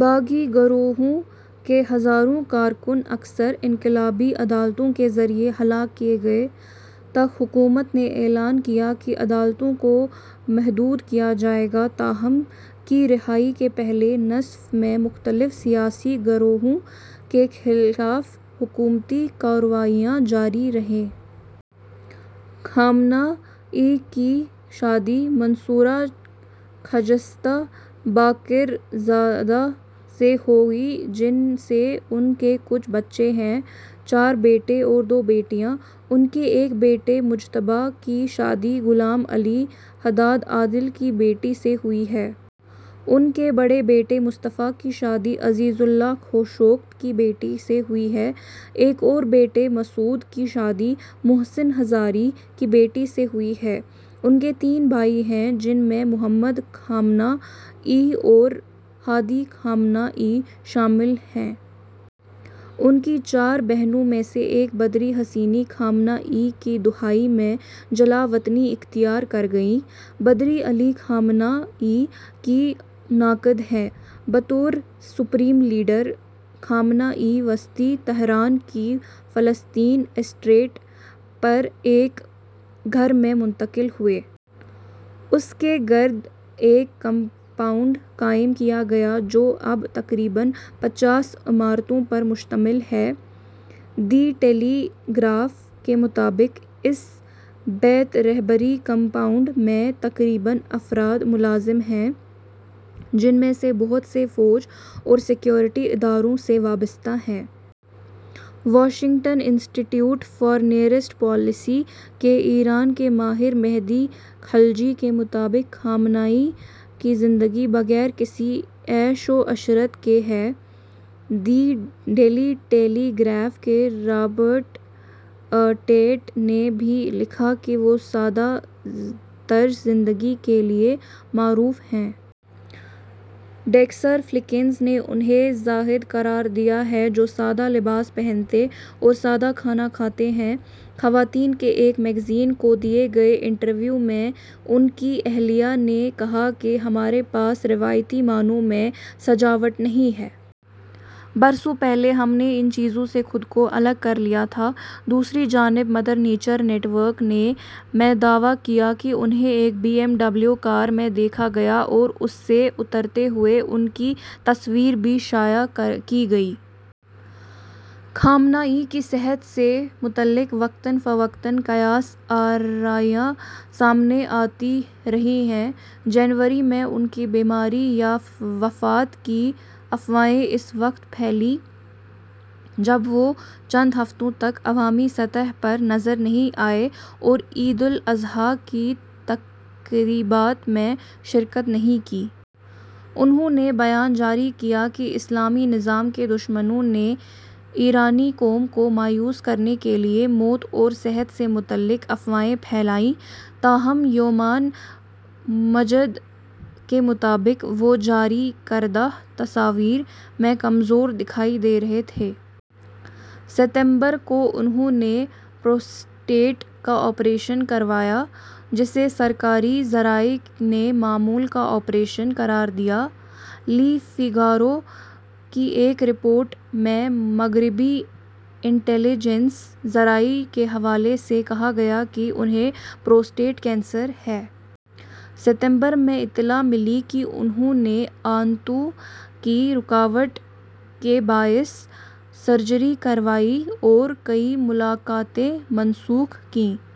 باغی گروہوں کے ہزاروں کارکن اکثر انقلابی عدالتوں کے ذریعے ہلاک کیے گئے۔ ء تک حکومت نے اعلان کیا کہ عدالتوں کو محدود کیا جائے گا تاہم ء کی دہائی کے پہلے نصف میں مختلف سیاسی گروہوں کے خلاف حکومتی کارروائیاں جاری رہیں۔ ۔ خامنہ ای کی شادی منصورہ خجستہ باقر زادہ سے ہوئی جن سے ان کے چھ بچے ہیں: چار بیٹے اور دو بیٹیاں ۔ ان کے ایک بیٹے مجتبیٰ کی شادی غلام علی حداد عادل کی بیٹی سے ہوئی ہے۔ ان کے بڑے بیٹے مصطفیٰ کی شادی عزیز اللہ خوشوقت کی بیٹی سے ہوئی ہے۔ ایک اور بیٹے مسعود کی شادی محسن خرازی کی بیٹی سے ہوئی ہے۔ ان کے تین بھائی ہیں جن میں محمد خامنہ ای اور ہادی خامنہ ای شامل ہیں۔ ان کی چار بہنوں میں سے ایک بدری حسینی خامنہ ای ء کی دہائی میں جلاوطنی اختیار کر گئیں۔ بدری علی خامنہ ای کی ناقد ہیں۔ بطور سپریم لیڈر خامنہ ای وسطی تہران کی فلسطین اسٹریٹ پر ایک گھر میں منتقل ہوئے۔ اس کے گرد ایک کمپاؤنڈ قائم کیا گیا جو اب تقریباً پچاس عمارتوں پر مشتمل ہے۔ 'دی ٹیلی گراف' کے مطابق اس 'بیت رہبری کمپاؤنڈ' میں تقریباً افراد ملازم ہیں، جن میں سے بہت سے فوج اور سیکیورٹی اداروں سے وابستہ ہیں۔ Washington Institute for Near East Policy کے ایران کے ماہر مہدی خلجی کے مطابق خامنہ ای کی زندگی 'بغیر کسی عیش و عشرت کے' ہے۔ 'دی ڈیلی ٹیلی گراف' کے رابرٹ ٹیٹ نے بھی لکھا کہ وہ سادہ طرز زندگی کے لیے معروف ہیں۔ ڈیکسر فلکنز نے انھیں 'زاہد' قرار دیا ہے جو سادہ لباس پہنتے اور سادہ کھانا کھاتے ہیں۔ خواتین کے ایک میگزین کو دیے گئے انٹرویو میں ان کی اہلیہ نے کہا کہ 'ہمارے پاس روایتی معنوں میں سجاوٹ نہیں ہے۔ برسوں پہلے ہم نے ان چیزوں سے خود کو الگ کر لیا تھا۔ ' دوسری جانب مدر نیچر نیٹ ورک نے ء میں دعویٰ کیا کہ انھیں ایک بی ایم ڈبلیو کار میں دیکھا گیا اور اس سے اترتے ہوئے ان کی تصویر بھی شائع کی گئی۔ خامنہ ای کی صحت سے متعلق وقتاً فوقتاً قیاس آرائیاں سامنے آتی رہی ہیں۔ جنوری ء میں ان کی بیماری یا وفات کی افواہیں اس وقت پھیلیں جب وہ چند ہفتوں تک عوامی سطح پر نظر نہیں آئے اور عید الاضحیٰ کی تقریبات میں شرکت نہیں کی۔ انھوں نے بیان جاری کیا کہ 'اسلامی نظام کے دشمنوں نے ایرانی قوم کو مایوس کرنے کے لیے موت اور صحت سے متعلق افواہیں پھیلائیں' تاہم ہومان مجد کے مطابق وہ جاری کردہ تصاویر میں کمزور دکھائی دے رہے تھے۔ ستمبر ء کو انھوں نے پروسٹیٹ کا آپریشن کروایا جسے سرکاری ذرائع نے'معمول کا آپریشن' قرار دیا۔ 'لی فیگارو' کی ایک رپورٹ میں مغربی انٹیلی جنس ذرائع کے حوالے سے کہا گیا کہ انھیں پروسٹیٹ کینسر ہے۔ ستمبر ء میں اطلاع ملی کہ انھوں نے آنتوں کی رکاوٹ کے باعث سرجری کروائی اور کئی ملاقاتیں منسوخ کیں۔